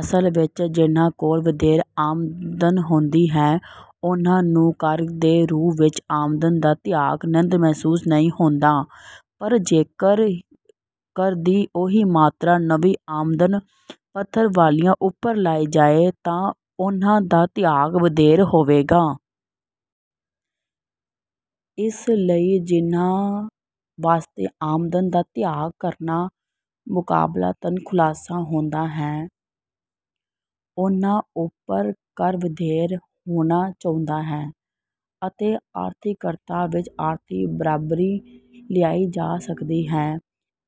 ਅਸਲ ਵਿੱਚ ਜਿਹਨਾਂ ਕੋਲ ਵਧੇਰੇ ਆਮਦਨ ਹੁੰਦੀ ਹੈ, ਉਹਨਾਂ ਨੂੰ ਕਰ ਦੇ ਰੂਪ ਵਿੱਚ ਆਮਦਨ ਦਾ ਤਿਆਗ ਉੰਨਾਂ ਮਹਿਸੂਸ ਨਹੀਂ ਹੁੰਦਾ, ਪਰ ਜੇਕਰ ਕਰ ਦੀ ਉਹੀ ਮਾਤਰਾ ਨੀਵੇ ਆਮਦਨ ਪੱਧਰ ਵਾਲਿਆਂ ਉੱਪਰ ਲਗਾਈ ਜਾਵੇ, ਤਾਂ ਉਹਨਾਂ ਦਾ ਤਿਆਗ ਵਧੇਰੇ ਹੋਵੇਗਾ। ਇਸ ਲਈ ਜਿਹਨਾਂ ਵਾਸਤੇ ਆਮਦਨ ਦਾ ਤਿਆਗ ਕਰਨਾ ਮੁਕਾਬਲਤਨ ਸੁਖਾਲਾ ਹੁੰਦਾ ਹੈ, ਉਹਨਾਂ ਉੱਪਰ ਕਰ ਵਧੇਰੇ ਹੋਣਾ ਚਾਹੀਦਾ ਹੈ, ਤਾਂ ਆਰਥਿਕਤਾ ਵਿੱਚ ਆਰਥਿਕ ਬਰਾਬਰੀ ਲਿਆਈ ਜਾ ਸਕਦੀ ਹੈ।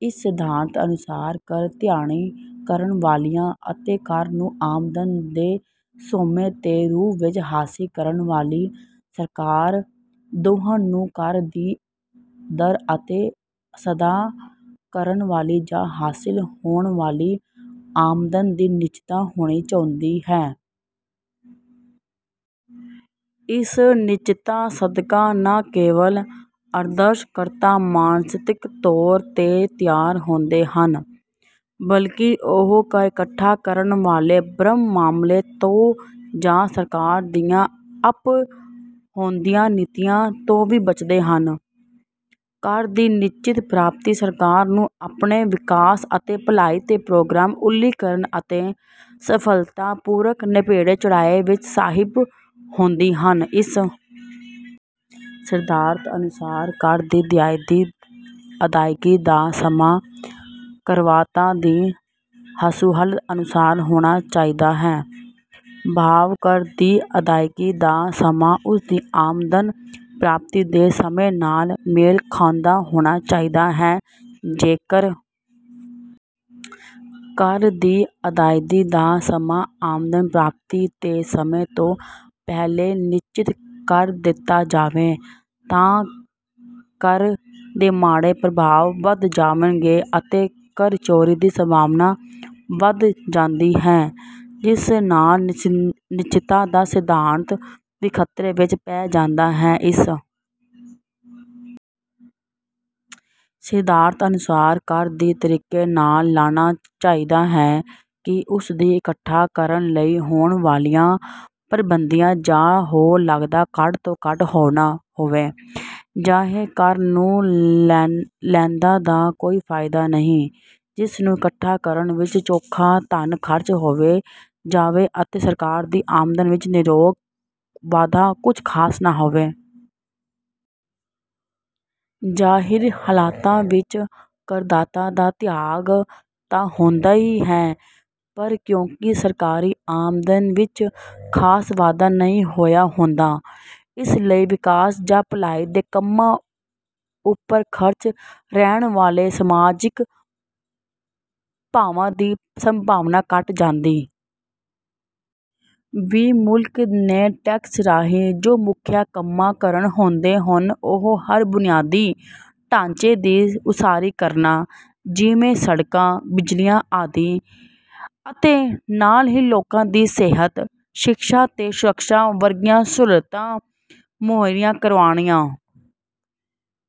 ਇਸ ਸਿਧਾਂਤ ਅਨੁਸਾਰ, ਕਰ ਅਦਾਇਗੀ ਕਰਨ ਵਾਲਿਆਂ ਅਤੇ ਕਰ ਨੂੰ ਆਮਦਨ ਦੇ ਸੋਮੇਂ ਦੇ ਰੂਪ ਵਿੱਚ ਹਾਸਲ ਕਰਨ ਵਾਲੀ ਸਰਕਾਰ ਦੋਹਾਂ ਨੂੰ ਕਰ ਦੀ ਦਰ ਅਤੇ ਅਦਾ ਕਰਨ ਵਾਲੀ ਜਾਂ ਹਾਸਲ ਹੋਣ ਵਾਲੀ ਆਮਦਨ ਦੀ ਨਿਸ਼ਚਤਤਾ ਹੋਣੀ ਚਾਹੀਦੀ ਹੈ। ਇਸ ਨਿਸ਼ਚਤਤਾ ਸਦਕਾ ਨਾਂ ਕੇਵਲ ਅਦਾਕਰਤਾ ਮਾਨਸਿਕ ਤੌਰ ਤੇ ਤਿਆਰ ਹੁੰਦੇ ਹਨ, ਬਲਕਿ ਉਹ ਕਰ ਇਕੱਤਰ ਕਰਨ ਵਾਲੇ ਭ੍ਰਸ਼ਟ ਅਮਲੇ ਤੋਂ ਜਾਂ ਸਰਕਾਰ ਦੀਆਂ ਆਪਹੁਦਰੀਆਂ ਨੀਤੀਆਂ ਤੋਂ ਵੀ ਬਚਦੇ ਹਨ। ਕਰ ਦੀ ਨਿਸ਼ਚਿਤ ਪ੍ਰਾਪਤੀ ਸਰਕਾਰ ਨੂੰ ਆਪਣੇ ਵਿਕਾਸ ਅਤੇ ਭਲਾਈ ਦੇ ਪ੍ਰੋਗਰਾਮ ਉਲੀਕਣ ਅਤੇ ਸਫਲਤਾ ਪੂਰਵਕ ਨੇਪਰੇ ਚੜ੍ਹਾਉਣ ਵਿੱਚ ਸਹਾਈ ਸਾਬਤ ਹੁੰਦੀ ਹੈ। ਇਸ ਸਿਧਾਂਤ ਅਨੁਸਾਰ, ਕਰ ਦੀ ਅਦਾਇਗੀ ਦਾ ਸਮਾਂ ਕਰਦਾਤਾ ਦੀ ਸਹੂਲਤ ਅਨੁਸਾਰ ਹੋਣਾ ਚਾਹੀਦਾ ਹੈ, ਭਾਵ ਕਰ ਦੀ ਅਦਾਇਗੀ ਦਾ ਸਮਾਂ ਉਸ ਦੀ ਆਮਦਨ ਪ੍ਰਾਪਤੀ ਦੇ ਸਮੇਂ ਨਾਲ ਮੇਲ ਖਾਉਂਦਾ ਹੋਣਾ ਚਾਹੀਦਾ ਹੈ। ਜੇਕਰ ਕਰ ਦੀ ਅਦਾਇਗੀ ਦਾ ਸਮਾਂ ਆਮਦਨ ਪ੍ਰਾਪਤੀ ਦੇ ਸਮੇਂ ਤੋਂ ਪਹਿਲਾਂ ਨਿਸ਼ਚਿਤ ਕਰ ਦਿੱਤਾ ਜਾਵੇ, ਤਾਂ ਕਰ ਦੇ ਮਾੜੇ ਪ੍ਰਭਾਵ ਵਧ ਜਾਣਗੇ ਅਤੇ ਕਰ ਚੋਰੀ ਦੀ ਸੰਭਾਵਨਾ ਵਧ ਜਾਂਦੀ ਹੈ, ਜਿਸ ਨਾਲ ਨਿਸ਼ਚਿਤਤਾ ਦਾ ਸਿਧਾਂਤ ਵੀ ਖਤਰੇ ਵਿੱਚ ਪੈ ਜਾਂਦਾ ਹੈ। ਇਸ ਸਿਧਾਂਤ ਅਨੁਸਾਰ, ਕਰ ਇਸ ਤਰੀਕੇ ਨਾਲ ਲਗਾਉਣਾ ਚਾਹੀਦਾ ਹੈ ਕਿ ਉਸ ਨੂੰ ਇਕੱਤਰ ਕਰਨ ਲਈ ਹੋਣ ਵਾਲੀਆਂ ਪ੍ਰਬੰਧਕੀ ਜਾਂ ਹੋਰ ਲਾਗਤਾਂ ਘੱਟੋ ਘੱਟ ਹੋਣ। ਅਜਿਹੇ ਕਰ ਨੂੰ ਲਗਾਉਣ ਦਾ ਕੋਈ ਫਾਇਦਾ ਨਹੀਂ, ਜਿਸ ਨੂੰ ਇਕੱਤਰ ਕਰਨ ਵਿੱਚ ਚੋਖਾ ਧਨ ਖਰਚ ਹੋ ਜਾਵੇ ਅਤੇ ਸਰਕਾਰ ਦੀ ਆਮਦਨ ਵਿੱਚ ਨਿਰੋਲ ਵਾਧਾ ਕੁਝ ਖਾਸ ਨਾ ਹੋਵੇ। ਅਜਿਹੀ ਹਾਲਤ ਵਿੱਚ ਕਰਦਾਤਾ ਦਾ ਤਿਆਗ ਤਾਂ ਹੁੰਦਾ ਹੈ, ਪਰ ਕਿਉਂਕਿ ਸਰਕਾਰੀ ਆਮਦਨ ਵਿੱਚ ਖਾਸ ਵਾਧਾ ਨਹੀਂ ਹੋਇਆ ਹੁੰਦਾ, ਇਸ ਲਈ ਵਿਕਾਸ ਜਾਂ ਭਲਾਈ ਦੇ ਕੰਮਾਂ ਉੱਪਰ ਖਰਚ ਰਾਹੀਂ ਹੋਣ ਵਾਲੇ ਸਮਾਜਿਕ ਲਾਭਾਂ ਦੀ ਸੰਭਾਵਨਾਂ ਘਟ ਜਾਂਦੀ ਹੈ। ਵੀ ਮੁਲਕ ਨੇ ਟੈਕਸ ਰਾਹੀਂ ਜੋ ਮੁੱਖ ਕੰਮ ਕਰਨੇ ਹੁੰਦੇ ਹਨ, ਉਹ ਹਨ ਬੁਨਿਆਦੀ ਢਾਂਚੇ ਦੀ ਉਸਾਰੀ ਕਰਨਾ, ਜਿਵੇਂ ਸੜਕਾਂ, ਬਿਜਲੀ ਆਦਿ, ਅਤੇ ਨਾਲ ਹੀ ਲੋਕਾਂ ਦੀ ਸਿਹਤ, ਸਿੱਖਿਆ ਤੇ ਸੁਰੱਖਿਆ ਵਰਗੀਆਂ ਸਹੂਲਤਾਂ ਮੁਹੱਈਆ ਕਰਵਾਉਣਾ।